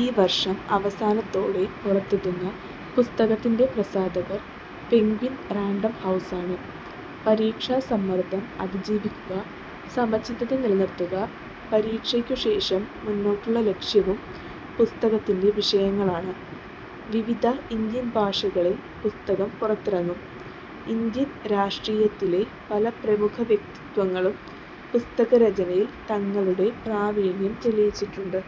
ഈ വര്ഷം അവസാനത്തോടെ പുറത്തെത്തുന്ന പുസ്തകത്തിന്റെ പ്രസാധകര് പെന്ഗ്വിന് റാന്ഡം ഹൗസാണ്. പരീക്ഷാ സമ്മര്ദം അതിജീവിക്കുക, സമചിത്തത നില നിര്ത്തുക, പരീക്ഷയ്ക്കു ശേഷം മുന്നോട്ടുള്ള ലക്ഷ്യവും പുസ്തകത്തിന്റെ വിഷയങ്ങളാണ്. വിവിധ ഇന്ത്യന് ഭാഷകളില് പുസ്തകം പുറത്തിറങ്ങും. ഇന്ത്യന് രാഷ്ട്രീയത്തിലെ പല പ്രമുഖ വ്യക്തിത്വങ്ങളും പുസ്തകരചനയില് തങ്ങളുടെ പ്രാവീണ്യം തെളിയിച്ചിട്ടുണ്ട്.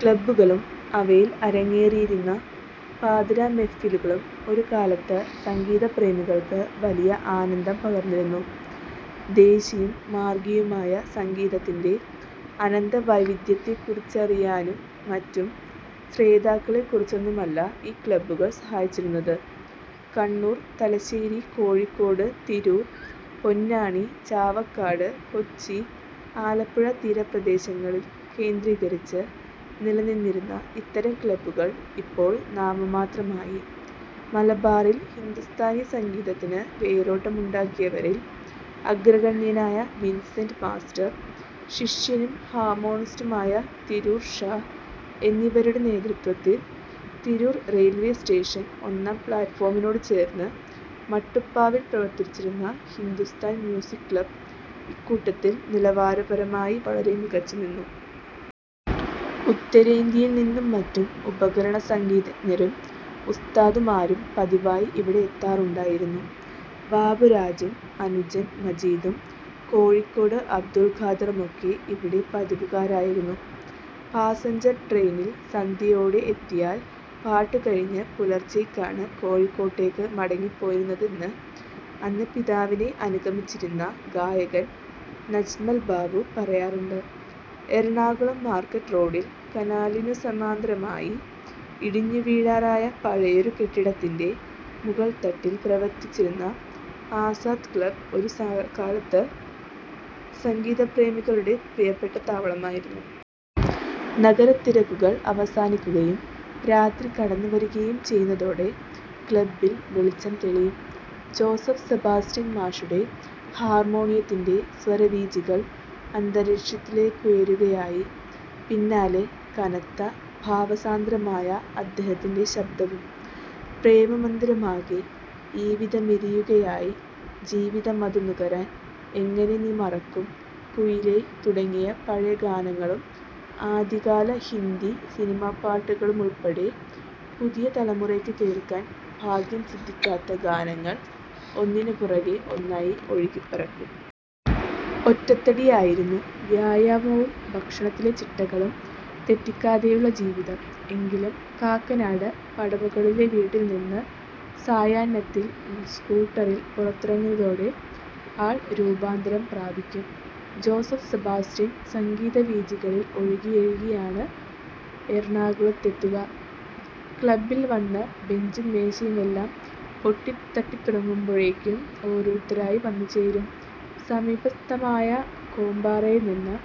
ക്ളബ്ബുകളും അവയിൽ അരങ്ങേറിയിരുന്ന പാതിരാ മെഹ്ഫിലുകളും ഒരുകാലത്ത് സംഗീതപ്രേമികൾക്ക് വലിയ ആനന്ദം പകർന്നിരുന്നു. ദേശിയും മാർഗിയുമായ സംഗീതത്തിന്റെ അനന്തവൈവിധ്യത്തെക്കുറിച്ചറിയാനുംമറ്റും ശ്രോതാക്കളെ കുറച്ചൊന്നുമല്ല ഈ ക്ളബ്ബുകൾ സഹായിച്ചിരുന്നത്. കണ്ണൂർ, തലശ്ശേരി, കോഴിക്കോട്, തിരൂർ, പൊന്നാനി, ചാവക്കാട്, കൊച്ചി, ആലപ്പുഴ തീരപ്രദേശങ്ങൾ കേന്ദ്രീകരിച്ച് നിലനിന്നിരുന്ന ഇത്തരം ക്ളബ്ബുകൾ ഇപ്പോൾ നാമമാത്രമായി. മലബാറിൽ ഹിന്ദുസ്ഥാനി സംഗീതത്തിന് വേരോട്ടമുണ്ടാക്കിയവരിൽ അഗ്രഗണ്യനായ വിൻസെന്റ് മാസ്റ്റർ, ശിഷ്യനും ഹാർമോണിസ്റ്റുമായ തിരൂർ ഷാ എന്നിവരുടെ നേതൃത്വത്തിൽ തിരൂർ റെയിൽവേസ്റ്റേഷൻ ഒന്നാം പ്ളാറ്റ്ഫോമിനോടുചേർന്ന് മട്ടുപ്പാവിൽ പ്രവർത്തിച്ചിരുന്ന ഹിന്ദുസ്ഥാൻ മ്യൂസിക് ക്ളബ്ബ് ഇക്കൂട്ടത്തിൽ നിലവാരപരമായി വളരെ മികച്ചുനിന്നു. ഉത്തരേന്ത്യയിൽനിന്നുംമറ്റും ഉപകരണസംഗീതജ്ഞരും ഉസ്താദുമാരും പതിവായി ഇവിടെ എത്താറുണ്ടായിരുന്നു. ബാബുരാജും അനുജൻ മജീദും കോഴിക്കോട് അബ്ദുൽഖാദറുമൊക്കെ ഇവിടെ പതിവുകാരായിരുന്നു. പാസഞ്ചർ ട്രെയിനിൽ സന്ധ്യയോടെ എത്തിയാൽ പാട്ടുകഴിഞ്ഞ് പുലർച്ചയ്ക്കാണ് കോഴിക്കോട്ടേക്ക് മടങ്ങിപ്പോയിരുന്നതെന്ന് അന്ന് പിതാവിനെ അനുഗമിച്ചിരുന്ന ഗായകൻ നജ്മൽ ബാബു പറയാറുണ്ട്. എറണാകുളം മാർക്കറ്റ് റോഡിൽ കനാലിനുസമാന്തരമായി ഇടിഞ്ഞുവീഴാറായ പഴയൊരു കെട്ടിടത്തിന്റെ മുകൾത്തട്ടിൽ പ്രവർത്തിച്ചിരുന്ന ആസാദ് ക്ളബ്ബ് ഒരു കാലത്ത് സംഗീതപ്രേമികളുടെ പ്രിയപ്പെട്ട താവളമായിരുന്നു. നഗരത്തിരക്കുകൾ അവസാനിക്കുകയും രാത്രി കടന്നുവരികയും ചെയ്യുന്നതോടെ ക്ളബ്ബിൽ വെളിച്ചം തെളിയും. ജോസഫ് സെബാസ്റ്റ്യൻ മാഷുടെ ഹാർമോണിയത്തിന്റെ സ്വരവീചികൾ അന്തരീക്ഷത്തിലേക്കുയരുകയായി.… പിന്നാലെ കനത്ത, ഭാവസാന്ദ്രമായ അദ്ദേഹത്തിന്റെ ശബ്ദവും. പ്രേമമന്ദിരമാകെ ഈവിധമെരിയുകയായ്, ജീവിതമധു നുകരാൻ, എങ്ങനെ നീ മറക്കും കുയിലേ തുടങ്ങിയ പഴയഗാനങ്ങളും ആദ്യകാല ഹിന്ദി സിനിമാപ്പാട്ടുകളുമുൾപ്പടെ പുതിയ തലമുറയ്ക്ക് കേൾക്കാൻ ഭാഗ്യംസിദ്ധിക്കാത്ത ഗാനങ്ങൾ ഒന്നിനുപിറകേ ഒന്നായി ഒഴുകിപ്പരക്കും. ഒറ്റത്തടിയായിരുന്നു. വ്യായാമവും ഭക്ഷണത്തിലെ ചിട്ടകളും തെറ്റിക്കാതെയുള്ള ജീവിതം. എങ്കിലും കാക്കനാട് പടമുകളിലെ വീട്ടിൽനിന്ന് സായാഹ്നത്തിൽ സ്കൂട്ടറിൽ പുറത്തിറങ്ങുന്നതോടെ ആൾ രൂപാന്തരം പ്രാപിക്കും. Joseph Sebastian സംഗീതവീചികളിൽ ഒഴുകിയൊഴുകിയാണ് എറണാകുളത്തെത്തുക. ക്ളബ്ബിൽ വന്ന് ബെഞ്ചും മേശയുമെല്ലാം പൊടിതട്ടിത്തുടങ്ങുമ്പോഴേക്കും ഓരോരുത്തരായി വന്നുചേരും. സമീപസ്ഥമായ കോമ്പാറയിൽനിന്ന്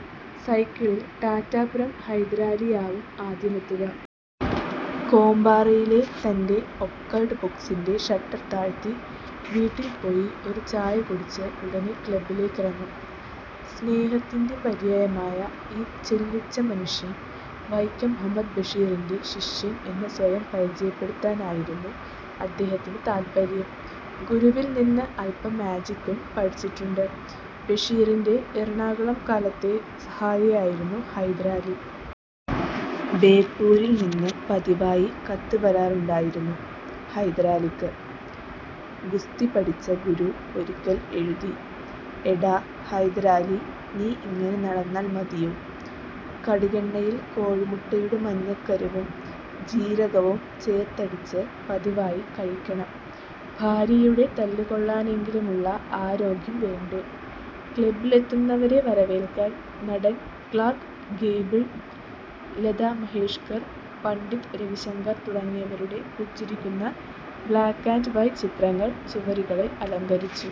സൈക്കിളിൽ ടാറ്റാപുരം ഹൈദരലിയാവും ആദ്യമെത്തുക. കോമ്പാറയിലെ തന്റെ ഒക്കൾട്ട് ബുക്സിന്റെ ഷട്ടർ താഴ്ത്തി വീട്ടിൽ പോയി ഒരു ചായകുടിച്ച് ഉടനെ ക്ളബ്ബിലേക്കിറങ്ങും സ്നേഹത്തിന്റെ പര്യായമായ ഈ ചെല്ലിച്ച മനുഷ്യൻ. വൈക്കം മുഹമ്മദ് ബഷീറിന്റെ ശിഷ്യൻ എന്ന് സ്വയം പരിചയപ്പെടുത്താനായിരുന്നു അദ്ദേഹത്തിന് താത്പര്യം. ഗുരുവിൽനിന്ന് അൽപം മാജിക്കും പഠിച്ചിട്ടുണ്ട്. ബഷീറിന്റെ എറണാകുളംകാലത്തെ സഹായിയായിരുന്നു ഹൈദരാലി. ബേപ്പൂരിൽനിന്ന് പതിവായി കത്തുവരാറുണ്ടായിരുന്നു ഹൈദരാലിക്ക്. ഗുസ്തിപഠിച്ച ഗുരു ഒരിക്കൽ എഴുതി'എടാ ഹൈദരാലി, നീ ഇങ്ങനെ നടന്നാൽ മതിയോ. കടുകെണ്ണയിൽ കോഴിമുട്ടയുടെ മഞ്ഞക്കരുവും ജീരകവും ചേർത്തടിച്ച് പതിവായി കഴിക്കണം. ഭാര്യയുടെ തല്ലുകൊള്ളാനെങ്കിലുമുള്ള ആരോഗ്യം വേണ്ടേ. 'ക്ളബ്ബിലെത്തുന്നവരെ വരവേൽക്കാൻ നടൻ ക്ളാർക് ഗേബിൾ, ലതാ മങ്കേഷ്കർ, പണ്ഡിറ്റ് രവിശങ്കർ തുടങ്ങിയവരുടെ പുഞ്ചിരിക്കുന്ന ബ്ളാക്ക് ആൻഡ് വൈറ്റ് ചിത്രങ്ങൾ ചുവരുകളെ അലങ്കരിച്ചു.